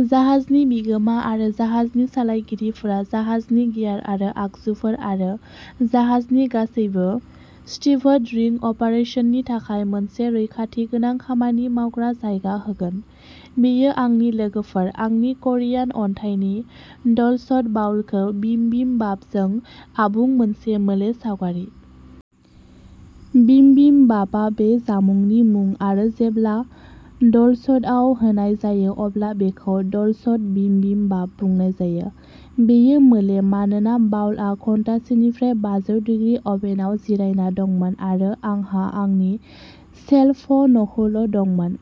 जाहाजनि बिगोमा आरो जाहाजनि सालायगिरिफोरा जाहाजनि गियार आरो आगजुफोर आरो जाहाजनि गासैबो स्टीभड'रिं अपारेसननि थाखाय मोनसे रैखाथि गोनां खामानि मावग्रा जायगा होगोन। बेयो आंनि लोगोफोर, आंनि करियान अन्थाइनि डलसट बाउलखौ बिम बिम बापजों आबुं मोनसे मोले सावगारि। बिम बिम बापआ बे जामुंनि मुं आरो जेब्ला डलसटआव होनाय जायो अब्ला बेखौ डलसट बिम बिम बाप बुंनाय जायो। बेयो मोले मानोना बाउलआ घन्टासेनिफ्राय बाजौ डिग्रि अभेनआव जिरायना दंमोन आरो आंहा आंनि सेल फ'नखौल' दंमोन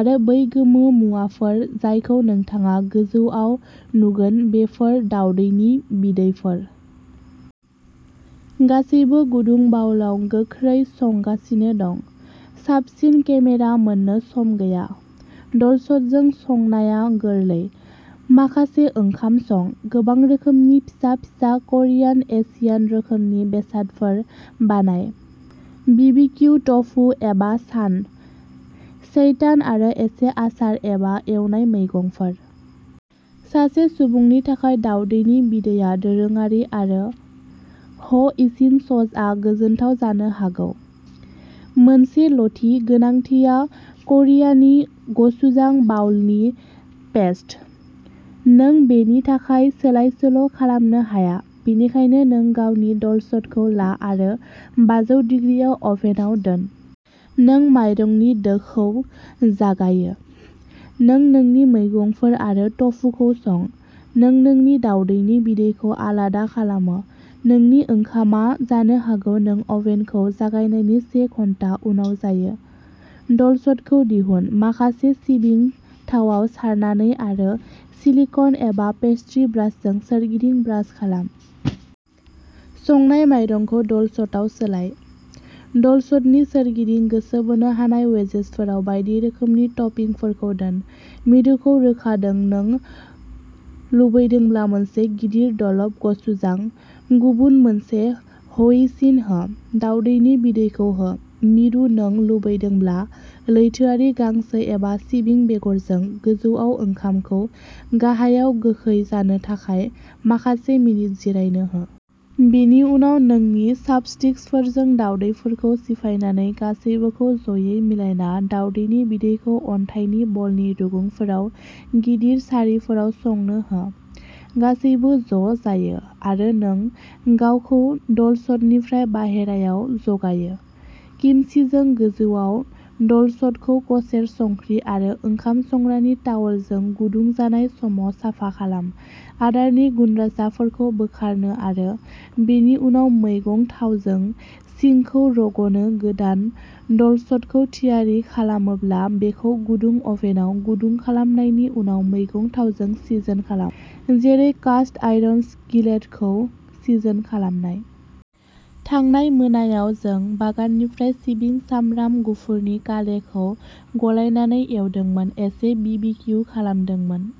आरो बै गोमो मुवाफोर जायखौ नोंथाङा गोजौआव नुगोन बेफोर दावदैनि बिदैफोर। गासैबो गुदुं बाउलआव गोख्रै संगासिनो दं साबसिन केमेरा मोननो सम गैया। डलसटजों संनाया गोरलै। माखासे ओंखाम सं। गोबां रोखोमनि फिसा फिसा करियान एशियान रोखोमनि बेसादफोर बानाय। बिबिक्यु टफु एबा सान। सेइटान आरो एसे आसार एबा एवनाय मैगंफोर। सासे सुबुंनि थाखाय दावदैनि बिदैया दोरोङारि आरो ह'इसिन ससआ गोजोनथाव जानो हागौ। मोनसेल'थि गोनांथिया क'रियानि गचुजां बानलुनि पेस्ट। नों बेनि थाखाय सोलाय सोल' खालामनो हाया। बेनिखायनो, नों गावनि डलसटखौ ला आरो बाजौ डिग्रि आव अभेनआव दोन। नों माइरंनि दोखौ जागायो। नों नोंनि मैगंफोर आरो टफुखौ सं। नों नोंनि दावदैनि बिदैखौ आलादा खालामो। नोंनि ओंखामआ जानो हागौ नों अभेनखौ जागायनायनि से घन्टा उनाव जायो। डलसटखौ दिहुन, माखासे सिबिं थावाव सारनानै आरो सिलिक'न एबा पेस्ट्री ब्रासजों सोरगिदिं ब्रास खालाम। संनाय माइरंखौ डलसटआव सोलाय। डलसटनि सोरगिदिं गोसो बोनो हानाय वेजेजफोराव बायदि रोखोमनि टपिंफोरखौ दोन, मिरुखौ रोखा दोन। नों लुबैदोंब्ला मोनसे गिदिर डलप गचुजां, गुबुन मोनसे ह'इसिन हो। दावदैनि बिदैखौ हो। मिरु नों लुबैदोंब्ला लैथोआरि गांसो एबा सिबिं बेगरजों गोजौआव ओंखामखौ गाहायाव गोखै जानो थाखाय माखासे मिनिट जिरायनो हो। बेनि उनाव, नोंनि चापस्टिकफोरजों दावदैफोरखौ सिफायनानै गासैबोखौ जयै मिलायना दावदैनि बिदैखौ अन्थाइनि ब'लनि रुगुंफोराव गिदिर सारिफोराव संनो हो। गासैबो ज' जायो आरो नों गावखौ डलसटनिफ्राय बाहेरायाव जगायो। किमचिजों गोजौआव डलसटखौ कसेर संख्रि आरो ओंखाम संग्रानि तावलजों गुदुं जानाय समाव साफा खालाम, आदारनि गुनद्रासाफोरखौ बोखारनो आरो बेनि उनाव मैगं थावजों सिंखौ रग'नो गोदान डलसटखौ थियारि खालामोब्ला बेखौ गुदुं अभेनआव गुदुं खालामनायनि उनाव मैगं थावजों सिजोन खालाम, जेरै कास्ट आयरन स्किलेटखौ सिजोन खालामनाय। थांनाय मोनायाव जों बागाननिफ्राय सिबिं सामब्राम गुफुरनि कालेखौ गलायनानै एवदोंमोन, एसे बिबिक्यु खालामदोंमोन।